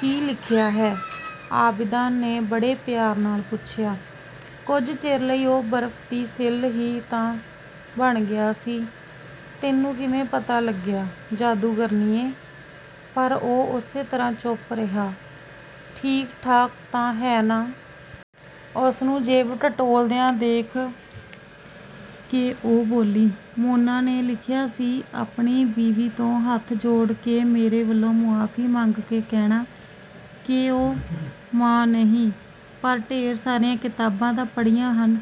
"ਕੀ ਲਿਖਿਆ ਹੈ?" ਆਬਿਦਾ ਨੇ ਬੜੇ ਪਿਆਰ ਨਾਲ ਪੁੱਛਿਆ। ਕੁਝ ਚਿਰ ਲਈ ਉਹ ਬਰਫ਼ ਦੀ ਸਿਲ ਹੀ ਤਾਂ ਬਣ ਗਿਆ ਸੀ। 'ਤੈਨੂੰ ਕਿਵੇਂ ਪਤਾ ਲੱਗਿਆ, ਜਾਦੂਗਰਨੀਏ?' ਪਰ ਉਹ ਉਸੇ ਤਰ੍ਹਾਂ ਚੁੱਪ ਰਿਹਾ। "ਠੀਕ-ਠਾਕ ਤਾਂ ਹੈ ਨਾ?" ਉਸਨੂੰ ਜੇਬ ਟਟੋਲਦਿਆਂ ਦੇਖ ਕੇ ਉਹ ਬੋਲੀ। ਮੋਨਾ ਨੇ ਲਿਖਿਆ ਸੀ, ਆਪਣੀ ਬੀਵੀ ਤੋਂ ਹੱਥ ਜੋੜ ਕੇ ਮੇਰੇ ਵੱਲੋਂ ਮੁਆਫ਼ੀ ਮੰਗ ਕੇ ਕਹਿਣਾ ਕਿ ਉਹ ਮਾਂ ਨਹੀਂ, ਪਰ ਢੇਰ ਸਾਰੀਆਂ ਕਿਤਾਬਾਂ ਤਾਂ ਪੜ੍ਹੀਆਂ ਹਨ,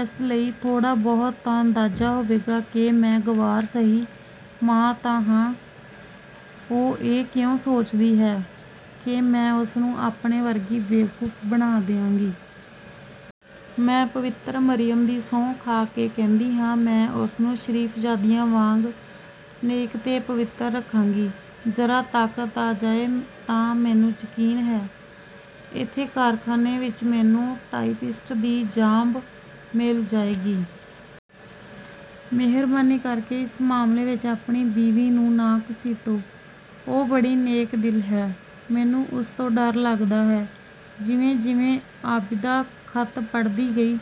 ਇਸ ਲਈ ਥੋੜ੍ਹਾ-ਬਹੁਤ ਤਾਂ ਅੰਦਾਜ਼ਾ ਹੋਵੇਗਾ ਕਿ ਮੈਂ ਗੰਵਾਰ ਸਹੀ, ਮਾਂ ਤਾਂ ਹਾਂ- ਉਹ ਇਹ ਕਿਉਂ ਸੋਚਦੀ ਹੈ ਕਿ ਮੈਂ ਉਸਨੂੰ, ਆਪਣੇ ਵਰਗੀ ਬੇਵਕੂਫ਼ ਬਣਾ ਦਿਆਂਗੀ? ਮੈਂ ਪਵਿੱਤਰ ਮਰੀਅਮ ਦੀ ਸਹੁੰ ਖਾ ਕੇ ਕਹਿੰਦੀ ਹਾਂ, ਮੈਂ ਉਸਨੂੰ ਸ਼ਰੀਫ਼ਜ਼ਾਦੀਆਂ ਵਾਂਗ ਨੇਕ ਤੇ ਪਵਿੱਤਰ ਰੱਖਾਂਗੀ। ਜ਼ਰਾ ਤਾਕਤ ਆ ਜਾਏ ਤਾਂ ਮੈਨੂੰ ਯਕੀਨ ਹੈ, ਇੱਥੇ ਕਾਰਖਾਨੇ ਵਿੱਚ ਮੈਨੂੰ ਟਾਈਪਿਸਟ ਦੀ 'ਜਾਬ' ਮਿਲ ਜਾਏਗੀ। ਮਿਹਰਬਾਨੀ ਕਰਕੇ ਇਸ ਮਾਮਲੇ ਵਿੱਚ ਆਪਣੀ ਬੀਵੀ ਨੂੰ ਨਾ ਘਸੀਟੋ। ਉਹ ਬੜੀ ਨੇਕ ਦਿਲ ਹੈ, ਮੈਨੂੰ ਉਸ ਤੋਂ ਡਰ ਲੱਗਦਾ ਹੈ।' ਜਿਵੇਂ-ਜਿਵੇਂ ਆਬਿਦਾ ਖ਼ਤ ਪੜ੍ਹਦੀ ਗਈ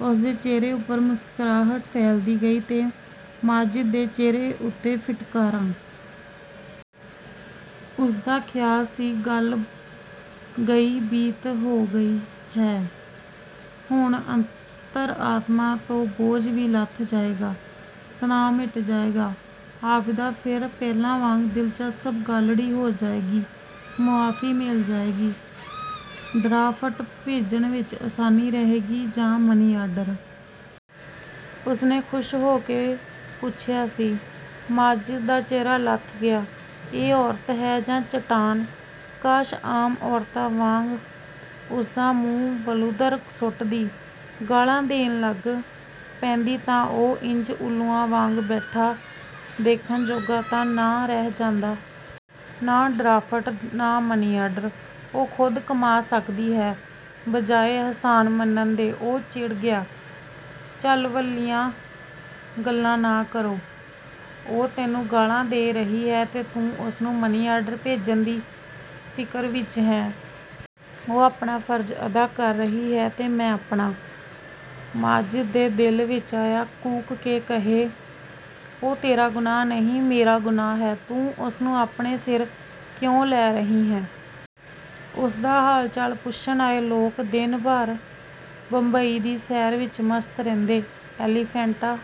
ਉਸਦੇ ਚਿਹਰੇ ਉੱਪਰ ਮੁਸਕਰਾਹਟ ਫੈਲਦੀ ਗਈ ਤੇ ਮਾਜਿਦ ਦੇ ਚਿਹਰੇ ਉੱਤੇ ਫਿਟਕਾਰਾਂ। ਉਸਦਾ ਖ਼ਿਆਲ ਸੀ, ਗੱਲ ਗਈ-ਬੀਤੀ ਹੋ ਗਈ ਹੈ। ਹੁਣ ਅੰਤਰ-ਆਤਮਾ ਤੋਂ ਬੋਝ ਵੀ ਲੱਥ ਜਾਏਗਾ। ਤਣਾਅ ਮਿਟ ਜਾਏਗਾ। ਆਬਿਦਾ ਫਿਰ ਪਹਿਲਾਂ ਵਾਂਗ ਦਿਲਚਸਪ ਤੇ ਗਾਲੜੀ ਹੋ ਜਾਏਗੀ। ਮੁਆਫ਼ੀ ਮਿਲ ਜਾਏਗੀ। "ਡਰਾਫਟ ਭੇਜਣ ਵਿੱਚ ਆਸਾਨੀ ਰਹੇਗੀ ਜਾਂ ਮਨੀਆਰਡਰ?" ਉਸਨੇ ਖੁਸ਼ ਹੋ ਕੇ ਪੁੱਛਿਆ ਸੀ। ਮਾਜਿਦ ਦਾ ਚਿਹਰਾ ਲੱਥ ਗਿਆ। ਇਹ ਔਰਤ ਹੈ ਜਾਂ ਚਟਾਨ! ਕਾਸ਼ ਆਮ ਔਰਤਾਂ ਵਾਂਗ ਉਸਦਾ ਮੂੰਹ ਵਲੂੰਧਰ ਸੁੱਟਦੀ, ਗਾਲ੍ਹਾਂ ਦੇਣ ਲੱਗ ਪੈਂਦੀ ਤਾਂ ਉਹ ਇੰਜ ਊੱਲੂਆਂ ਵਾਂਗ ਬੈਠਾ, ਦੇਖਣ ਜੋਗਾ ਤਾਂ ਨਾ ਰਹਿ ਜਾਂਦਾ। "ਨਾ ਡਰਾਫਟ, ਨਾ ਮਨੀਆਰਡਰ। ਉਹ ਖ਼ੁਦ ਕਮਾ ਸਕਦੀ ਹੈ।" ਬਜਾਏ ਅਹਿਸਾਨ ਮੰਨਣ ਦੇ ਉਹ ਚਿੜ ਗਿਆ। "ਝੱਲ-ਵੱਲੀਆਂ ਗੱਲਾਂ ਨਾ ਕਰੋ।" "ਉਹ ਤੈਨੂੰ ਗਾਲ੍ਹਾਂ ਦੇ ਰਹੀ ਹੈ ਤੇ ਤੂੰ ਉਸਨੂੰ ਮਨੀਆਰਡਰ ਭੇਜਣ ਦੀ ਫਿਕਰ ਵਿੱਚ ਹੈਂ।" "ਉਹ ਆਪਣਾ ਫ਼ਰਜ਼ ਅਦਾ ਕਰ ਰਹੀ ਹੈ ਤੇ ਮੈਂ ਆਪਣਾ।" ਮਾਜਿਦ ਦੇ ਦਿਲ ਵਿੱਚ ਆਇਆ ਕੂਕ ਕੇ ਕਹੇ, 'ਉਹ ਤੇਰਾ ਗੁਨਾਹ ਨਹੀਂ, ਮੇਰਾ ਗੁਨਾਹ ਹੈ। ਤੂੰ ਉਸਨੂੰ ਆਪਣੇ ਸਿਰ ਕਿਉਂ ਲੈ ਰਹੀ ਹੈਂ'... ਉਸਦਾ ਹਾਲ-ਚਾਲ ਪੁੱਛਣ ਆਏ ਲੋਕ ਦਿਨ ਭਰ ਬੰਬਈ ਦੀ ਸੈਰ ਵਿੱਚ ਮਸਤ ਰਹਿੰਦੇ। ਐਲੀਫੈਂਟਾ